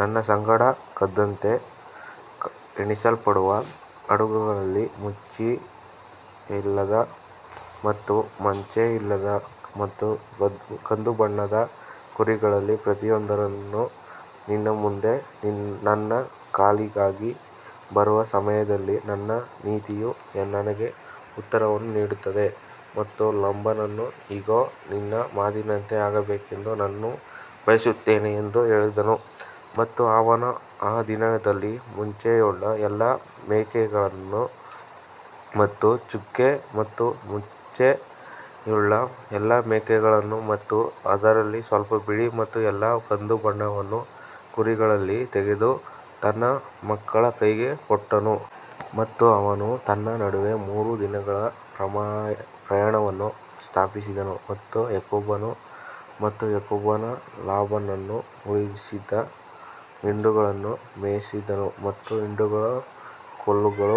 ನನ್ನ ಸಂಗಡ ಕದ್ದಂತೆ ಎಣಿಸಲ್ಪಡುವ ಆಡುಗಳಲ್ಲಿ ಮಚ್ಚೆಯಿಲ್ಲದ ಮತ್ತು ಮಚ್ಚೆಯಿಲ್ಲದ ಮತ್ತು ಕಂದುಬಣ್ಣದ ಕುರಿಗಳಲ್ಲಿ ಪ್ರತಿಯೊಂದನ್ನು ನಿನ್ನ ಮುಂದೆ ನನ್ನ ಕೂಲಿಗಾಗಿ ಬರುವ ಸಮಯದಲ್ಲಿ ನನ್ನ ನೀತಿಯು ನನಗೆ ಉತ್ತರವನ್ನು ನೀಡುತ್ತದೆ. ಮತ್ತು ಲಾಬಾನನು ಇಗೋ, ನಿನ್ನ ಮಾತಿನಂತೆ ಆಗಬೇಕೆಂದು ನಾನು ಬಯಸುತ್ತೇನೆ ಎಂದು ಹೇಳಿದನು ಮತ್ತು ಅವನು ಆ ದಿನದಲ್ಲಿ ಮಚ್ಚೆಯುಳ್ಳ ಎಲ್ಲಾ ಮೇಕೆಗಳನ್ನು ಮತ್ತು ಚುಕ್ಕೆ ಮತ್ತು ಮಚ್ಚೆಯುಳ್ಳ ಎಲ್ಲಾ ಮೇಕೆಗಳನ್ನು ಮತ್ತು ಅದರಲ್ಲಿ ಸ್ವಲ್ಪ ಬಿಳಿ ಮತ್ತು ಎಲ್ಲಾ ಕಂದುಬಣ್ಣವನ್ನು ಕುರಿಗಳಲ್ಲಿ ತೆಗೆದು ತನ್ನ ಮಕ್ಕಳ ಕೈಗೆ ಕೊಟ್ಟನು. ಮತ್ತು ಅವನು ತನ್ನ ನಡುವೆ ಮೂರು ದಿನಗಳ ಪ್ರಯಾಣವನ್ನು ಸ್ಥಾಪಿಸಿದನು ಮತ್ತು ಯಾಕೋಬನು ಮತ್ತು ಯಾಕೋಬನು ಲಾಬಾನನ ಉಳಿದ ಹಿಂಡುಗಳನ್ನು ಮೇಯಿಸಿದನು. ಮತ್ತು ಹಿಂಡುಗಳು ಕೋಲುಗಳ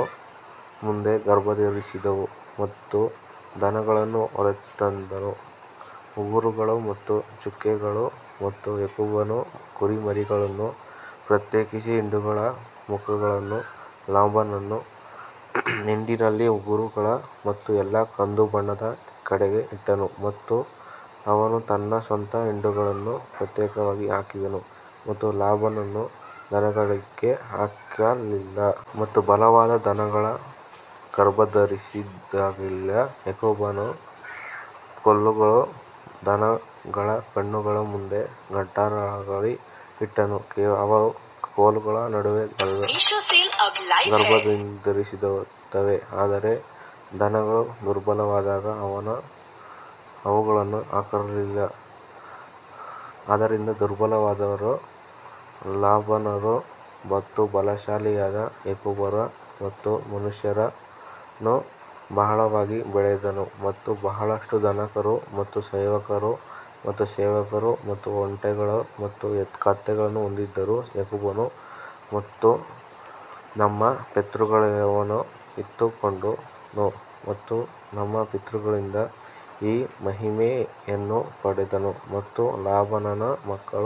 ಮುಂದೆ ಗರ್ಭಧರಿಸಿದವು ಮತ್ತು ದನಗಳನ್ನು ಹೊರತಂದವು ಉಂಗುರಗಳು ಮತ್ತು ಚುಕ್ಕೆಗಳು ಮತ್ತು ಯಾಕೋಬನು ಕುರಿಮರಿಗಳನ್ನು ಪ್ರತ್ಯೇಕಿಸಿ ಹಿಂಡುಗಳ ಮುಖಗಳನ್ನು ಲಾಬಾನನ ಹಿಂಡಿನಲ್ಲಿ ಉಂಗುರಗಳು ಮತ್ತು ಎಲ್ಲಾ ಕಂದುಬಣ್ಣದ ಕಡೆಗೆ ಇಟ್ಟನು ಮತ್ತು ಅವನು ತನ್ನ ಸ್ವಂತ ಹಿಂಡುಗಳನ್ನು ಪ್ರತ್ಯೇಕವಾಗಿ ಹಾಕಿದನು ಮತ್ತು ಲಾಬಾನನ ದನಗಳಿಗೆ ಹಾಕಲಿಲ್ಲ. ಮತ್ತು ಬಲವಾದ ದನಗಳು ಗರ್ಭಧರಿಸಿದಾಗಲೆಲ್ಲಾ ಯಾಕೋಬನು ಕೋಲುಗಳನ್ನು ದನಗಳ ಕಣ್ಣುಗಳ ಮುಂದೆ ಗಟಾರಗಳಲ್ಲಿ ಇಟ್ಟನು, ಅವು ಕೋಲುಗಳ ನಡುವೆ ಗರ್ಭಧರಿಸುತ್ತವೆ. ಆದರೆ ದನಗಳು ದುರ್ಬಲವಾದಾಗ ಅವನು ಅವುಗಳನ್ನು ಹಾಕಲಿಲ್ಲ, ಆದ್ದರಿಂದ ದುರ್ಬಲವಾದವರು ಲಾಬಾನರು ಮತ್ತು ಬಲಶಾಲಿಯಾದ ಯಾಕೋಬರು. ಮತ್ತು ಆ ಮನುಷ್ಯನು ಬಹಳವಾಗಿ ಬೆಳೆದನು ಮತ್ತು ಬಹಳಷ್ಟು ದನಕರು ಮತ್ತು ಸೇವಕರು ಮತ್ತು ಸೇವಕರು ಮತ್ತು ಒಂಟೆಗಳು ಮತ್ತು ಕತ್ತೆಗಳನ್ನು ಹೊಂದಿದ್ದರು ಯಾಕೋಬನು ನಮ್ಮ ಪಿತೃಗಳೆಲ್ಲವನ್ನೂ ಕಿತ್ತುಕೊಂಡನು ಮತ್ತು ನಮ್ಮ ಪಿತೃಗಳಿಂದ ಈ ಮಹಿಮೆಯನ್ನು ಪಡೆದನು ಎಂದು ಲಾಬಾನನ ಮಕ್ಕಳ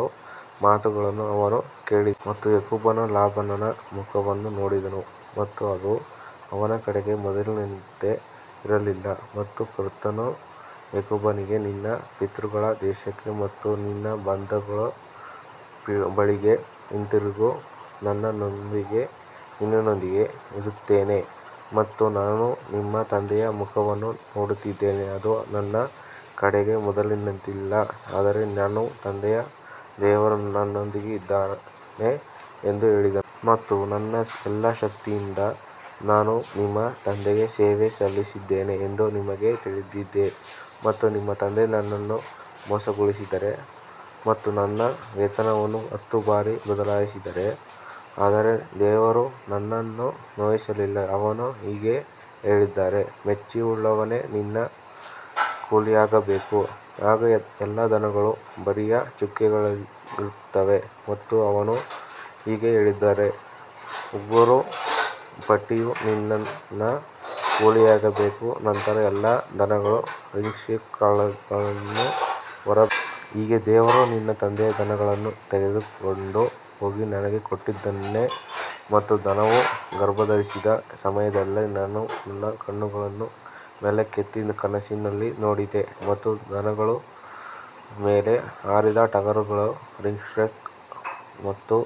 ಮಾತುಗಳನ್ನು ಅವನು ಕೇಳಿದನು. ಮತ್ತು ಯಾಕೋಬನು ಲಾಬಾನನ ಮುಖವನ್ನು ನೋಡಿದನು ಮತ್ತು ಅದು ಅವನ ಕಡೆಗೆ ಮೊದಲಿನಂತೆ ಇರಲಿಲ್ಲ ಮತ್ತು ಕರ್ತನು ಯಾಕೋಬನಿಗೆ ನಿನ್ನ ಪಿತೃಗಳ ದೇಶಕ್ಕೆ ಮತ್ತು ನಿನ್ನ ಬಂಧುಗಳ ಬಳಿಗೆ ಹಿಂತಿರುಗು, ನಾನು ನಿನ್ನೊಂದಿಗೆ ಇರುತ್ತೇನೆ. ಮತ್ತು ನಾನು ನಿಮ್ಮ ತಂದೆಯ ಮುಖವನ್ನು ನೋಡುತ್ತಿದ್ದೇನೆ, ಅದು ನನ್ನ ಕಡೆಗೆ ಮೊದಲಿನಂತಿಲ್ಲ ಆದರೆ ನನ್ನ ತಂದೆಯ ದೇವರು ನನ್ನೊಂದಿಗೆ ಇದ್ದಾನೆ ಎಂದು ಹೇಳಿದರು. ಮತ್ತು ನನ್ನ ಎಲ್ಲಾ ಶಕ್ತಿಯಿಂದ ನಾನು ನಿಮ್ಮ ತಂದೆಗೆ ಸೇವೆ ಸಲ್ಲಿಸಿದ್ದೇನೆ ಎಂದು ನಿಮಗೆ ತಿಳಿದಿದೆ ಮತ್ತು ನಿಮ್ಮ ತಂದೆ ನನ್ನನ್ನು ಮೋಸಗೊಳಿಸಿದರು ಮತ್ತು ನನ್ನ ವೇತನವನ್ನು ಹತ್ತು ಬಾರಿ ಬದಲಾಯಿಸಿದರು ಆದರೆ ದೇವರು ನನ್ನನ್ನು ನೋಯಿಸಲಿಲ್ಲ ಅವನು ಹೀಗೆ ಹೇಳಿದರೆ ಮಚ್ಚೆಯುಳ್ಳವನೇ ನಿನ್ನ ಕೂಲಿಯಾಗಬೇಕು, ಆಗ ಎಲ್ಲಾ ದನಗಳು ಬರಿಯ ಚುಕ್ಕೆಗಳಿರುತ್ತವೆ ಮತ್ತು ಅವನು ಹೀಗೆ ಹೇಳಿದರೆ ಉಂಗುರ ಪಟ್ಟಿಯು ನಿನ್ನ ಕೂಲಿಯಾಗಬೇಕು, ನಂತರ ಎಲ್ಲಾ ದನಗಳನ್ನು ರಿಂಗ್ಸ್ಟ್ರೇಕ್ಗಳನ್ನು ಹೊರಬೇಕು. ಹೀಗೆ ದೇವರು ನಿನ್ನ ತಂದೆಯ ದನಗಳನ್ನು ತೆಗೆದುಕೊಂಡು ಹೋಗಿ ನನಗೆ ಕೊಟ್ಟಿದ್ದಾನೆ ಮತ್ತು ದನವು ಗರ್ಭಧರಿಸಿದ ಸಮಯದಲ್ಲಿ ನಾನು ನನ್ನ ಕಣ್ಣುಗಳನ್ನು ಮೇಲಕ್ಕೆತ್ತಿ ಕನಸಿನಲ್ಲಿ ನೋಡಿದೆ ಮತ್ತು ದನಗಳ ಮೇಲೆ ಹಾರಿದ ಟಗರುಗಳು ರಿಂಗ್ಸ್ಟ್ರ್ಯಾಕ್ ಮತ್ತು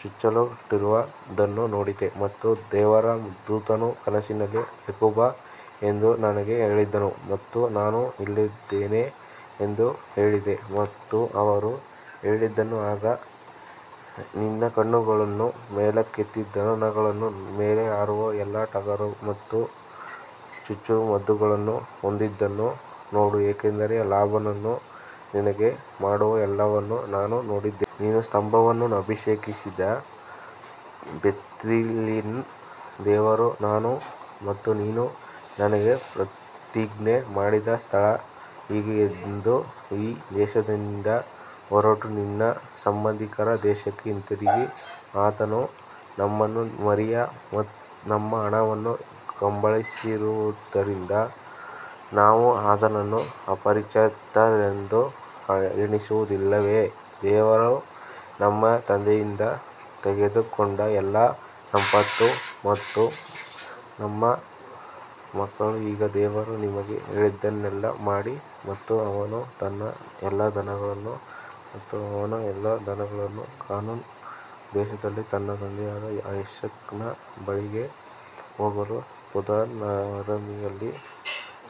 ಚುಚ್ಚಲ್ಪಟ್ಟಿರುವುದನ್ನು ನೋಡಿದೆ. ಮತ್ತು ದೇವರ ದೂತನು ಕನಸಿನಲ್ಲಿ ಯಾಕೋಬ್ ಎಂದು ನನಗೆ ಹೇಳಿದನು ಮತ್ತು ನಾನು ಇಲ್ಲಿದ್ದೇನೆ ಎಂದು ಹೇಳಿದೆ ಮತ್ತು ಅವನು ಹೇಳಿದನು, ಈಗ ನಿನ್ನ ಕಣ್ಣುಗಳನ್ನು ಮೇಲಕ್ಕೆತ್ತಿ ದನಗಳ ಮೇಲೆ ಹಾರುವ ಎಲ್ಲಾ ಟಗರುಗಳು ಮತ್ತು ಚುಚ್ಚುಮದ್ದುಗಳನ್ನು ಹೊಂದಿದ್ದುದನ್ನು ನೋಡು ಏಕೆಂದರೆ ಲಾಬಾನನು ನಿನಗೆ ಮಾಡುವ ಎಲ್ಲವನ್ನೂ ನಾನು ನೋಡಿದ್ದೇನೆ. ನೀನು ಸ್ತಂಭವನ್ನು ಅಭಿಷೇಕಿಸಿದ ಬೇತೇಲಿನ ದೇವರು ನಾನು ಮತ್ತು ನೀನು ನನಗೆ ಪ್ರತಿಜ್ಞೆ ಮಾಡಿದ ಸ್ಥಳ ಈಗ ಎದ್ದು ಈ ದೇಶದಿಂದ ಹೊರಟು ನಿನ್ನ ಸಂಬಂಧಿಕರ ದೇಶಕ್ಕೆ ಹಿಂತಿರುಗಿ ಆತನು ನಮ್ಮನ್ನು ಮಾರಿ ನಮ್ಮ ಹಣವನ್ನು ಕಬಳಿಸಿರುವದರಿಂದ ನಾವು ಆತನನ್ನು ಅಪರಿಚಿತರೆಂದು ಎಣಿಸುವುದಿಲ್ಲವೇ? ದೇವರು ನಮ್ಮ ತಂದೆಯಿಂದ ತೆಗೆದುಕೊಂಡ ಎಲ್ಲಾ ಸಂಪತ್ತು ನಮ್ಮ ಮತ್ತು ನಮ್ಮ ಮಕ್ಕಳು ಈಗ ದೇವರು ನಿಮಗೆ ಹೇಳಿದ್ದನ್ನೆಲ್ಲಾ ಮಾಡಿ ಮತ್ತು ಅವನು ತನ್ನ ಎಲ್ಲಾ ದನಗಳನ್ನು ಮತ್ತು ಅವನ ಎಲ್ಲಾ ದನಗಳನ್ನು ಕಾನಾನ್ ದೇಶದಲ್ಲಿ ತನ್ನ ತಂದೆಯಾದ ಇಸಾಕನ ಬಳಿಗೆ ಹೋಗಲು ಪದಾನರಾಮಿನಲ್ಲಿ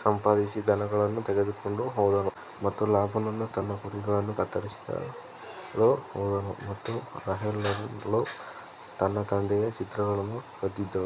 ಸಂಪಾದಿಸಿದ ದನಗಳನ್ನು ತೆಗೆದುಕೊಂಡು ಹೋದನು. ಮತ್ತು ಲಾಬಾನನು ತನ್ನ ಕುರಿಗಳನ್ನು ಕತ್ತರಿಸಲು ಹೋದನು ಮತ್ತು ರಾಹೇಲಳು ತನ್ನ ತಂದೆಯ ಚಿತ್ರಗಳನ್ನು ಕದ್ದಿದ್ದಳು.